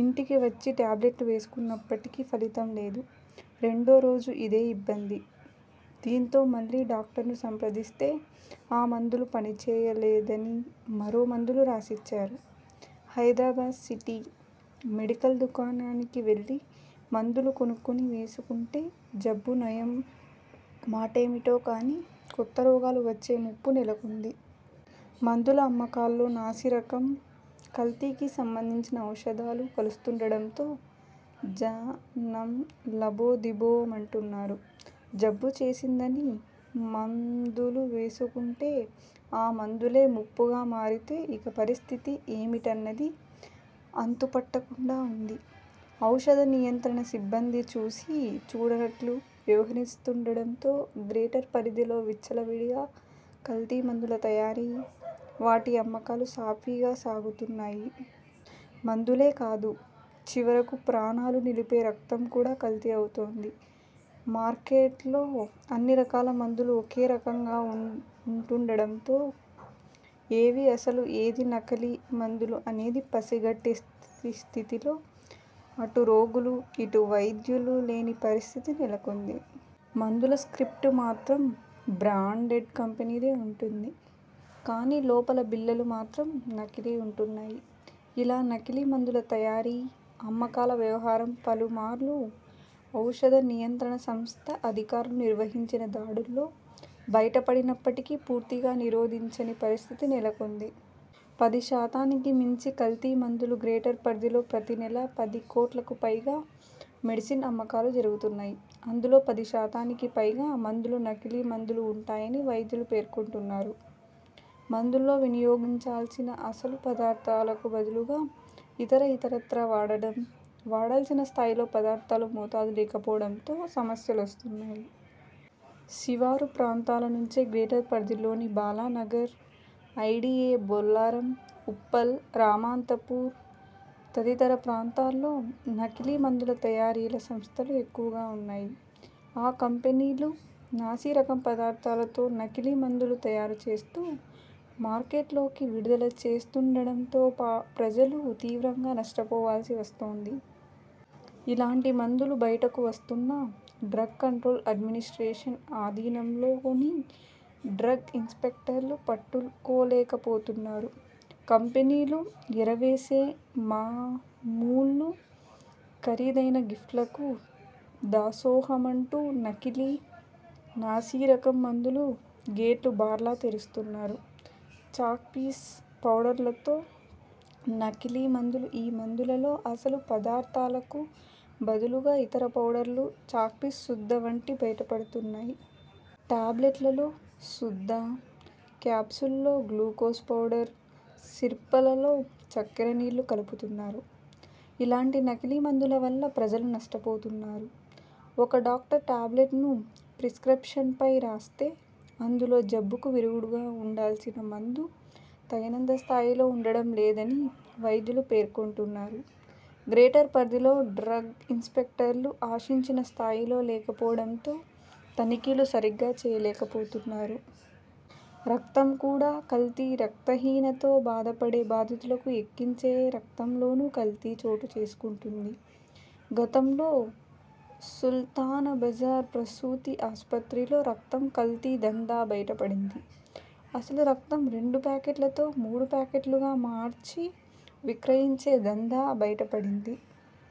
ఇంటికి వచ్చి ట్యాబ్లెట్లు వేసుకున్నప్పటికీ ఫలితం లేదు. రెండో రోజు అదే ఇబ్బంది. దీంతో మళ్లీ డాక్ట ర్ను సంప్రదిస్తే ఆ మందులు పనిచేయ లేద ని మరో మందులు రాసిచ్చారు''. హైదరాబాద్ సిటీ, మెడికల్ దుకాణానికి వెళ్లి మందులు కొనుకుని వేసుకుంటే జబ్బు నయం మాటేమిటో కానీ కొత్త రోగాలు వచ్చే ముప్పు నెలకొంది. మందుల అమ్మకాల్లో నాసిరకం, కల్తీకి సంబంధించిన ఔషధాలు కలుస్తుండడంతో జ నం లబోదిబోమంటున్నారు. జబ్బు చేసిందని మం దులు వేసుకుంటే ఆ మందులే ముప్పుగా మారితే ఇక పరిస్థితి ఏమిటన్నది అంతుపట్టకుండా ఉంది. ఔషధ నియంత్రణ సిబ్బంది చూసీ చూడనట్లు వ్య వహరిస్తుండడంతో గ్రేటర్ పరిధిలో విచ్చలవిడిగా కల్తీ మందుల తయారీ, వాటి అమ్మకాలు సాఫీగా సాగిపోతున్నాయి. మందులే కాదు, చివరకు ప్రాణా లు నిలిపే రక్తం కూడా కల్తీ అవుతోంది. మార్కె ట్లో అన్ని రకాల మందులు ఒకే రకంగా ఉంటుం డడంతో ఏవీ అసలు, ఏదీ నకిలీ మందులు అనేది పసిగట్టే స్థితిలో అటు రోగులు, ఇటు వైద్యులు లేని పరిస్థితి నెలకొంది. మందుల స్ర్కిప్ట్ మాత్రం బ్రాం డెండ్ కంపెనీదే ఉంటోంది. కానీ లోపల బిళ్లలు మాత్రం నకిలీ ఉంటున్నాయి. ఇలా నకిలీ మందుల తయారీ, అమ్మకాల వ్యవహారం పలు మార్లు ఔషఽ ద నియంత్రణ సంస్థ అధికారులు నిర్వహించిన దాడుల్లో బయటపడినప్పటికి పూర్తిగా నిరోధించని పరిస్థితి నెలకొంది. పదిశాతానికి మించి కల్తీ మందులుగ్రేటర్ పరిధిలో ప్రతి నెల పది కోట్లకుపైగా మె డిసిన్ అమ్మకాలు జరుగుతున్నాయి. అందులో పది శాతానికి పైగా మందులు నకిలీ మందులు ఉంటాయని వైద్యులు పేర్కొంటున్నారు. మందుల్లో వినియోగించాల్సిన అసలు పదార్థాలకు బదులుగా ఇత ర ఇతరత్రా వాడడం, వాడాల్సిన స్థాయిలో పదార్థాల మోతాదు లేకపోవడంతో సమస్యలొస్తున్నాయి. శివారు ప్రాంతాల నుంచే గ్రేటర్ పరిధిలోని బాలానగర్, ఐడీఏ బొల్లారం, ఉప్పల్, రామాంతపూర్ తదితర ప్రాంతాల్లో నకిలీ మందుల తయారీల సంస్థలు ఎక్కువగా ఉన్నాయి. ఈ కంపెనీలు నాసిరకం పదార్థాలతో నకిలీ మం దులు తయారు చేస్తూ మార్కెట్లోకి విడుదల చే స్తుండడంతో ప్రజలు తీవ్రంగా నష్టపోవాల్సి వస్తోం ది. ఇలాంటి మందులు బయటకు వస్తున్నా డ్రగ్ కంట్రోల్ అడ్మినిస్ట్రేషన్ ఆధీనంలోని డ్రగ్ ఇన్స్పెక్టర్లు పట్టుకోలేకపోతున్నారు. కంపెనీలు ఎర వేసే మా మూళ్లు, ఖరీదైన గిఫ్ట్లకు దాసోహమంటూ నకిలీ, నాసిరకం మందులకు గేట్లు బార్లా తెరుస్తున్నారు. చాక్పీస్, పౌడర్లతో నకిలీ మందులుఈ మందులలో అసలు పదార్థాలకు బదులుగా ఇతర ఫౌడర్లు, చాక్పీస్ సుద్ద వంటివి బయటపడుతున్నాయి. టాబ్లెట్లలో సుద్ద, క్యాప్సూల్స్లో గ్లూకోజ్ పౌడర్, సిర్పలలో చక్కెర నీళ్లు కలుపుతున్నారు. ఇలాంటి నకిలీ మందుల వల్ల ప్రజలు నష్టపోతున్నారు. ఒక డాక్టర్ టాబ్లెట్ను ప్రిస్ర్కిప్షన్పై రాస్తే అందులో జబ్బుకు విరుగుడుగా ఉండాల్సిన మందు తగినంత స్థాయిలో ఉండడం లేదని వైద్యులు పే ర్కొంటున్నారు. గ్రేటర్ పరిధిలో డ్రగ్గ్ ఇన్స్పెక్టర్లు ఆశించిన స్థాయులో లేకపోవడంతో తనిఖీలు సరిగ్గా చేయలేకపోతున్నారు. రక్తం కూడా కల్తీ రక్తహీనతో బాధపడే బాధితులకు ఎక్కించే ర క్తంలోనూ కల్తీ చోటు చేసుకుంటుంది. గతంలో సు ల్తాన్బజార్ ప్రసూతి ఆస్పత్రిలో రక్తం కల్తీ దందా బయట పడింది. అసలు రక్తం రెండు ప్యాకెట్లతో మూడు ప్యాకెట్లుగా మార్చి విక్రయించే దందా బ యట పడింది.